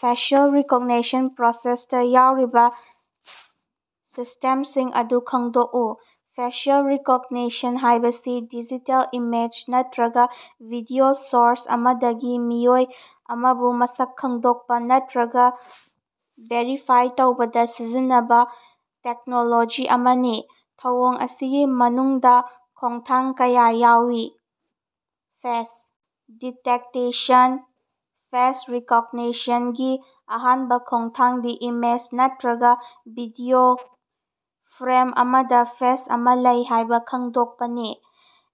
Facial recognition ꯄ꯭ꯔꯣꯁꯦꯁꯇ ꯌꯥꯎꯔꯤꯕ ꯁ꯭ꯇꯦꯞꯁꯤꯡ ꯑꯗꯨ ꯈꯪꯗꯣꯛꯎ꯫ ꯐꯦꯁꯤꯑꯦꯜ ꯔꯤꯀꯣꯒꯅꯤꯁꯟ ꯍꯥꯏꯕꯁꯤ ꯗꯤꯖꯤꯇꯦꯜ ꯏꯃꯦꯖ ꯅꯠꯇꯔꯒ ꯚꯤꯗꯤꯑꯣ ꯁꯣꯔꯁ ꯑꯃꯗꯒꯤ ꯃꯤꯑꯣꯏ ꯑꯃꯕꯨ ꯃꯁꯛ ꯈꯪꯗꯣꯛꯄ ꯅꯠꯇꯔꯒ ꯚꯦꯔꯤꯐꯥꯏ ꯇꯧꯕꯗꯥ ꯁꯤꯖꯤꯟꯅꯕꯥ ꯇꯦꯛꯅꯣꯂꯣꯖꯤ ꯑꯃꯅꯤ꯫ ꯊꯧꯑꯣꯡ ꯑꯁꯤꯒꯤ ꯃꯅꯨꯡꯗ ꯈꯣꯡꯊꯥꯡ ꯀꯌꯥ ꯌꯥꯎꯏ, ꯐꯦꯁ ꯗꯤꯇꯦꯛꯇꯦꯁꯟ - ꯐꯦꯁ ꯔꯤꯀꯣꯒꯅꯤꯁꯟꯒꯤ ꯑꯍꯥꯟꯕ ꯈꯣꯡꯊꯥꯡꯗꯤ ꯏꯃꯦꯖ ꯅꯠꯇꯔꯒ ꯚꯤꯗꯤꯑꯣ ꯐ꯭ꯔꯦꯝ ꯑꯃꯗ ꯐꯦꯁ ꯑꯃ ꯂꯩ ꯍꯥꯏꯕ ꯈꯪꯗꯣꯛꯄꯅꯤ꯫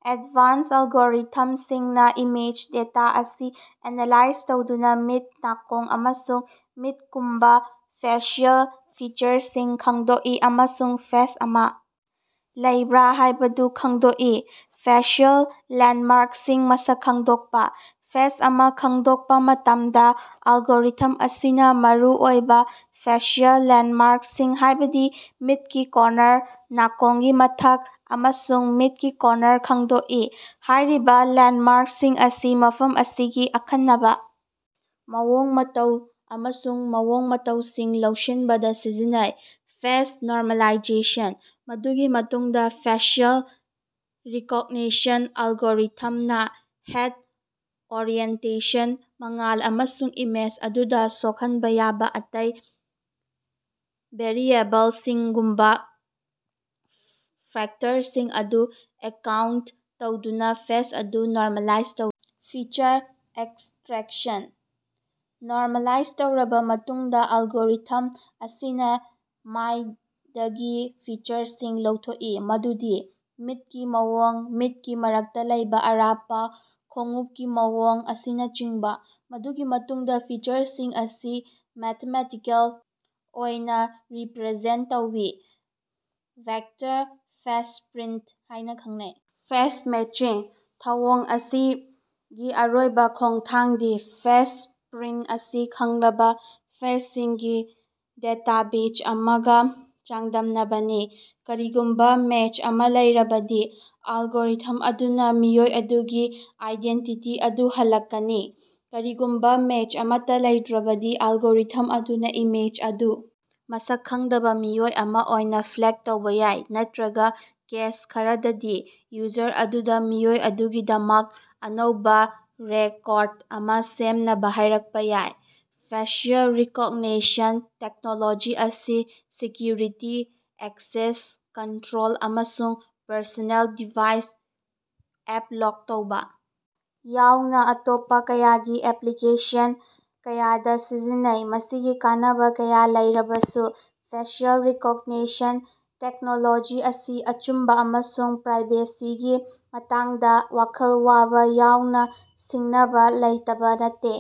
ꯑꯦꯗꯚꯥꯟꯁ ꯑꯦꯜꯒꯣꯔꯤꯊꯝꯁꯤꯡꯅ ꯏꯃꯦꯖ ꯗꯦꯇꯥ ꯑꯁꯤ ꯑꯦꯅꯥꯂꯥꯏꯖ ꯇꯧꯗꯨꯅ ꯃꯤꯠ, ꯅꯥꯀꯣꯡ, ꯑꯃꯁꯨꯡ ꯃꯤꯠꯀꯨꯝꯕꯥ ꯐꯦꯁꯤꯌꯦꯜ ꯐꯤꯆꯔꯁꯤꯡ ꯈꯪꯗꯣꯛꯏ ꯑꯃꯁꯨꯡ ꯐꯦꯁ ꯑꯃ ꯂꯩꯕ꯭ꯔꯥ ꯍꯥꯏꯕꯗꯨ ꯈꯪꯗꯣꯛꯏ꯫ ꯐꯦꯁꯤꯑꯦꯜ ꯂꯦꯟꯗꯃꯥ꯭ꯔꯛꯁꯤꯡ ꯃꯁꯛ ꯈꯡꯗꯣꯛꯄ - ꯐꯦꯁ ꯑꯃ ꯈꯡꯗꯣꯛꯄ ꯃꯇꯝꯗ, ꯑꯦꯜꯒꯣꯔꯤꯊꯝ ꯑꯁꯤꯅ ꯃꯔꯨ ꯑꯣꯏꯕ ꯐꯦꯁꯤꯑꯦꯜ ꯂꯦꯟꯗꯃꯥ꯭ꯔꯛꯁꯤꯡ ꯍꯥꯏꯕꯗꯤ ꯃꯤꯠꯀꯤ ꯀꯣꯟꯅꯔ, ꯅꯥꯀꯣꯡꯒꯤ ꯃꯊꯛ, ꯑꯃꯁꯨꯡ ꯃꯤꯠꯀꯤ ꯀꯣꯟꯅꯔ ꯈꯪꯗꯣꯛꯏ꯫ ꯍꯥꯏꯔꯤꯕ ꯂꯦꯟꯗꯃꯥ꯭ꯔꯛꯁꯤꯡ ꯑꯁꯤ ꯃꯐꯝ ꯑꯁꯤꯒꯤ ꯑꯈꯟꯅꯕ ꯃꯑꯣꯡ ꯃꯇꯧ ꯑꯃꯁꯨꯡ ꯃꯑꯣꯡ ꯃꯇꯧꯁꯤꯡ ꯂꯧꯁꯤꯟꯕꯗ ꯁꯤꯖꯤꯟꯅꯩ꯫ ꯐꯦꯁ ꯅꯣꯔꯃꯦꯂꯥꯏꯖꯦꯁꯟ - ꯃꯗꯨꯒꯤ ꯃꯇꯨꯡꯗ ꯐꯦꯁꯤꯑꯦꯜ ꯔꯤꯀꯣꯒꯅꯤꯁꯟ ꯑꯦꯜꯒꯣꯔꯤꯊꯝꯅ ꯍꯦꯗ ꯑꯣꯔꯤꯑꯦꯟꯇꯦꯁꯟ, ꯃꯉꯥꯜ, ꯑꯃꯁꯨꯡ ꯏꯃꯦꯖ ꯑꯗꯨꯗ ꯁꯣꯛꯍꯟꯕ ꯌꯥꯕ ꯑꯇꯩ ꯚꯦꯔꯤꯑꯦꯕꯜꯁꯤꯡꯒꯨꯝꯕ ꯐꯦꯛꯇꯔꯁꯤꯡ ꯑꯗꯨ ꯑꯦꯀꯥꯎꯟꯇ ꯇꯧꯗꯨꯅ ꯐꯦꯁ ꯑꯗꯨ ꯅꯣꯔꯃꯦꯂꯥꯏꯖ ꯇꯧꯏ꯫ ꯐꯤꯆꯔ ꯑꯦꯛꯁꯇ꯭ꯔꯦꯛꯁꯟ - ꯅꯣꯔꯃꯦꯂꯥꯏꯖ ꯇꯧꯔꯕ ꯃꯇꯨꯡꯗ, ꯑꯦꯜꯒꯣꯔꯤꯊꯝ ꯑꯁꯤꯅ ꯃꯥꯏꯗꯒꯤ ꯐꯤꯆꯔꯁꯤꯡ ꯂꯧꯊꯣꯛꯏ, ꯃꯗꯨꯗꯤ ꯃꯤꯠꯀꯤ ꯃꯑꯣꯡ, ꯃꯤꯠꯀꯤ ꯃꯔꯛꯇ ꯂꯩꯕ‌ ꯑꯔꯥꯞꯄ, ꯈꯣꯡꯎꯞꯀꯤ ꯃꯑꯣꯡ ꯑꯁꯤꯅꯆꯤꯡꯕ, ꯃꯗꯨꯒꯤ ꯃꯇꯨꯡꯗ ꯐꯤꯆꯔꯁꯤꯡ ꯑꯁꯤ ꯃꯦꯊꯃꯦꯇꯤꯀꯦꯜ ꯑꯣꯏꯅ ꯔꯤꯄꯔꯖꯦꯟꯇ ꯇꯧꯏ꯫ ꯚꯦꯛꯇꯔ, ꯐꯦꯁꯄ꯭ꯔꯤꯟꯇ ꯍꯥꯏꯅ ꯈꯪꯅꯕ ꯐꯦꯁ ꯃꯦꯆꯤꯡ - ꯊꯧꯑꯣꯡ ꯑꯁꯤꯒꯤ ꯑꯔꯣꯏꯕ ꯈꯣꯡꯊꯥꯡꯗꯤ ꯐꯦꯁꯄ꯭ꯔꯤꯟꯇ ꯑꯁꯤ ꯈꯪꯂꯕ ꯐꯦꯁꯁꯤꯡꯒꯤ ꯗꯦꯇꯥꯕꯦꯖ ꯑꯃꯒ ꯆꯥꯡꯗꯝꯅꯕꯅꯤ꯫ ꯀꯔꯤꯒꯨꯝꯕ ꯃꯦꯆ ꯑꯃ ꯂꯩꯔꯕꯗꯤ, ꯑꯦꯜꯒꯣꯔꯤꯊꯝ ꯑꯗꯨꯅ ꯃꯤꯑꯣꯏ ꯑꯗꯨꯒꯤ ꯑꯥꯏꯗꯦꯟꯇꯤꯇꯤ ꯑꯗꯨ ꯍꯜꯂꯛꯀꯅꯤ꯫ ꯀꯔꯤꯒꯨꯝꯕ ꯃꯦꯆ ꯑꯃꯠꯇ ꯂꯩꯇꯔꯕꯗꯤ, ꯑꯦꯜꯒꯣꯔꯤꯊꯝ ꯑꯗꯨꯅ ꯏꯃꯦꯖ ꯑꯗꯨ ꯃꯁꯛ ꯈꯪꯗꯕ ꯃꯤꯑꯣꯏ ꯑꯃ ꯑꯣꯏꯅ ꯐ꯭ꯂꯦꯒ ꯇꯧꯕ ꯌꯥꯏ ꯅꯠꯇꯔꯒ, ꯀꯦꯁ ꯈꯔꯗꯗꯤ, ꯌꯨꯖꯔ ꯑꯗꯨꯗ ꯃꯤꯑꯣꯏ ꯑꯗꯨꯒꯤꯗꯃꯛ ꯑꯅꯧꯕ ꯔꯦꯀꯣꯔꯗ ꯑꯃ ꯁꯦꯝꯅꯕ ꯍꯥꯏꯔꯛꯄ ꯌꯥꯏ꯫ ꯐꯦꯁꯤꯑꯦꯜ ꯔꯤꯀꯣꯒꯅꯤꯁꯟ ꯇꯦꯛꯅꯣꯂꯣꯖꯤ ꯑꯁꯤ ꯁꯦꯀ꯭ꯌꯨꯔꯤꯇꯤ, ꯑꯦꯛꯁꯦꯁ ꯀꯟꯇꯔꯣꯜ, ꯑꯃꯁꯨꯡ ꯄꯔꯁꯣꯅꯦꯜ ꯗꯤꯚꯥꯏꯁ ꯑꯞꯂꯣꯛ ꯇꯧꯕ ꯌꯥꯎꯅ ꯑꯇꯣꯞꯄ ꯀꯌꯥꯒꯤ ꯑꯦꯄ꯭ꯂꯤꯀꯦꯁꯟ ꯀꯌꯥꯗ ꯁꯤꯖꯤꯟꯅꯩ꯫ ꯃꯁꯤꯒꯤ ꯀꯥꯟꯅꯕꯥ ꯀꯌꯥ ꯂꯩꯔꯕꯁꯨ, ꯐꯦꯁꯤꯑꯦꯜ ꯔꯤꯀꯣꯒꯅꯤꯁꯟ ꯇꯦꯛꯅꯣꯂꯣꯖꯤ ꯑꯁꯤ ꯑꯆꯨꯝꯕ ꯑꯃꯁꯨꯡ ꯄ꯭ꯔꯥꯏꯕꯦꯁꯤꯒꯤ ꯃꯇꯥꯡꯗ ꯋꯥꯈꯜ ꯋꯥꯕ ꯌꯥꯎꯅ ꯁꯤꯡꯅꯕꯥ ꯂꯩꯇꯕ ꯅꯠꯇꯦ꯫